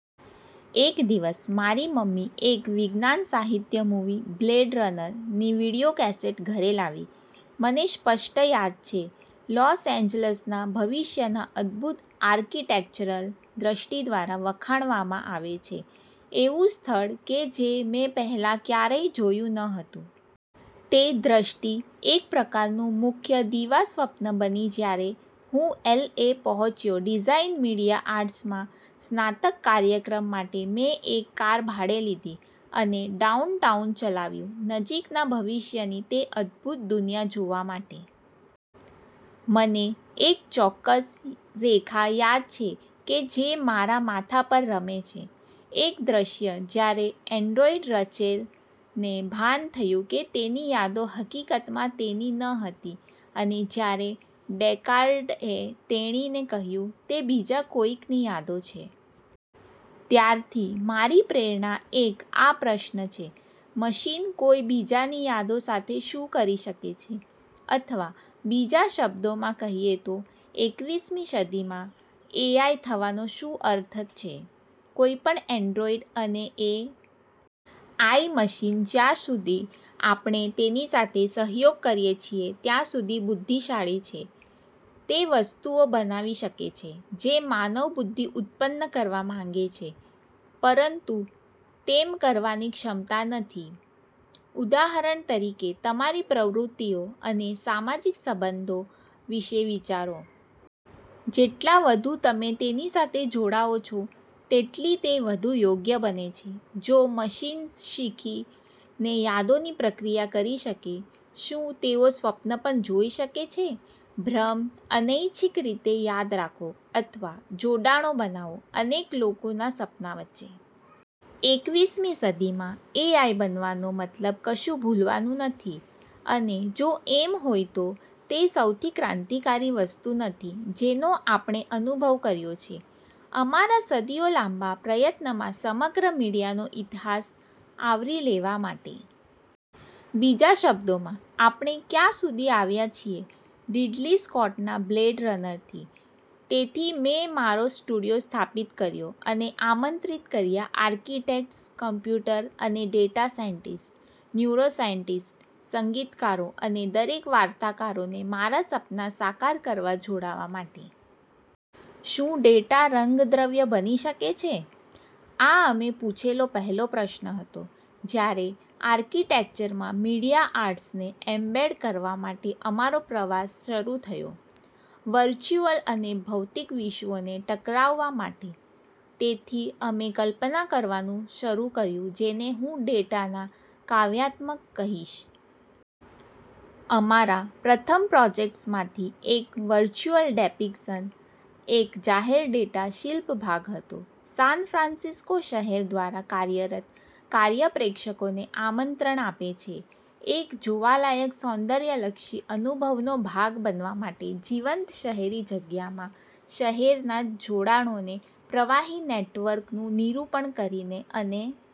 એક દીવસ, મારી મમ્મી એક વિજ્ઞાન-સાહિત્ય મૂવી "બ્લૅડ રનર" ની વિડિઓકેસેટ ઘરે લાવી. મને સ્પષ્ટ યાદ છે લોસ એન્જલસના ભવિષ્યના અદભૂત આર્કિટેક્ચરલ દ્રષ્ટિ દ્વારા, વખાણવામાં આવે છે, એવું સ્થળ કે જે મેં પહેલાં ક્યારેય જોયું ન હતું. તે દ્રષ્ટિ એક પ્રકારનુ મુખ્ય દિવાસ્વપ્ન બની. જ્યારે હું એલ. એ. પહોચ્યો ડિઝાઇન મીડિયા આર્ટ્સમાં સ્નાતક કાર્યક્રમ માટે, મેં એક કાર ભાડે લીધી અને ડાઉનટાઉન ચલાવ્યું નજીકના ભવિષ્યની તે અદભૂત દુનિયા જોવા માટે. મને એક ચોક્કસ રેખા યાદ છે કે જે મારા માથા પર રમે છે: એક દ્રશ્ય જ્યારે એન્ડ્રોઇડ રચેલ ને ભાન થયું કે તેની યાદો હકીકતમાં તેની ન હતી, અને જ્યારે ડેકાર્ડએ તેણીને કહ્યુ તે બીજા કોઈક ની યાદો છે. ત્યારથી, મારી પ્રેરણા એક આ પ્રશ્ન છે. મશીન કોઈ બીજાની યાદો સાથે શું કરી શકે છે? અથવા બીજા શબ્દોમાં કહીએ તો, એકવીસમી સદીમાં એ. આઈ થવાનો શું અર્થ છે? કોઈપણ એન્ડ્રોઇડ અને એ. આઈ મશીન જ્યાં સુધી આપણે તેની સાથે સહયોગ કરીએ છીએ ત્યાં સુધી બુદ્ધિશાળી છે. તે વસ્તુઓ બનાવી શકે છે, જે માનવ-બુદ્ધિ ઉત્પન્ન કરવા માગે છે પરંતુ તેમ કરવાની ક્ષમતા નથી. ઉદાહરણ તરીકે, તમારી પ્રવૃત્તિઓ અને સામાજિક સબંધો વિષે વિચારો. જેટલા વધુ તમે તેની સાથે જોડાઓ છો તેટલી તે વધુ યોગ્ય બને છે. જો મશીન શીખી ને યાદોની પ્રક્રિયા કરી શકે, શું તેઓ સ્વપ્ન પણ જોઈ શકે છે? ભ્રમ? અનૈચ્છિક રીતે યાદ રાખો, અથવા જોડાણો બનાવો અનેક લોકોના સપના વચ્ચે? એકવીસમી સદી માં એ. આઈ બનવાનો મતલબ કશુ ભૂલવાનું નથી? અને, જો એમ હોય તો, તે સૌથી ક્રાંતિકારી વસ્તુ નથી જેનો આપણે અનુભવ કર્યો છે અમારા સદીઓ-લાંબા પ્રયત્નમાં સમગ્ર મીડિયાનો ઇતિહાસ આવરી લેવા માટે? બીજા શબ્દોમાં, આપણે ક્યાં સુધી આવ્યા છીએ રીડલી સ્કોટના "બ્લેડ રનર" થી? તેથી મેં મારો સ્ટુડિયો સ્થાપિત કર્યો અને આમંત્રિત કર્યા આર્કિટેક્ટ્સ, કોમ્પ્યુટર અને ડેટા સાયન્ટિસ્ટ, ન્યુરોસાયન્ટિસ્ટ, સંગીતકારો અને દરેક વાર્તાકારોને મારા સપના સાકાર કરવા જોડાવા માટે. શું ડેટા રંગદ્રવ્ય બની શકે છે? આ અમે પુછેલો પહેલો પ્રશ્ન હતો જ્યારે આર્કીટેક્ચરમાં મીડિયા આર્ટ્સને એમ્બેડ કરવા માટે અમારો પ્રવાસ શરૂ થયો, વર્ચ્યુઅલ અને ભૌતિક વિશ્વોને ટકરાવવા માટે. તેથી અમે કલ્પના કરવાનું શરૂ કર્યું જેને હું ડેટાના કાવ્યાત્મક કહીશ. અમારા પ્રથમ પ્રોજેક્ટ્સમાંથી એક, "વર્ચ્યુઅલ ડેપીકસન", એક જાહેર ડેટા શિલ્પ ભાગ હતો સાન ફ્રાન્સિસ્કો શહેર દ્વારા કાર્યરત. કાર્ય પ્રેક્ષકોને આમંત્રણ આપે છે એક જોવાલાયક સૌંદર્યલક્ષી અનુભવનો ભાગ બનવા માટે જીવંત શહેરી જગ્યા માં શહેરના જ જોડાણોના પ્રવાહી નેટવર્કનું નિરૂપણ કરીને. અને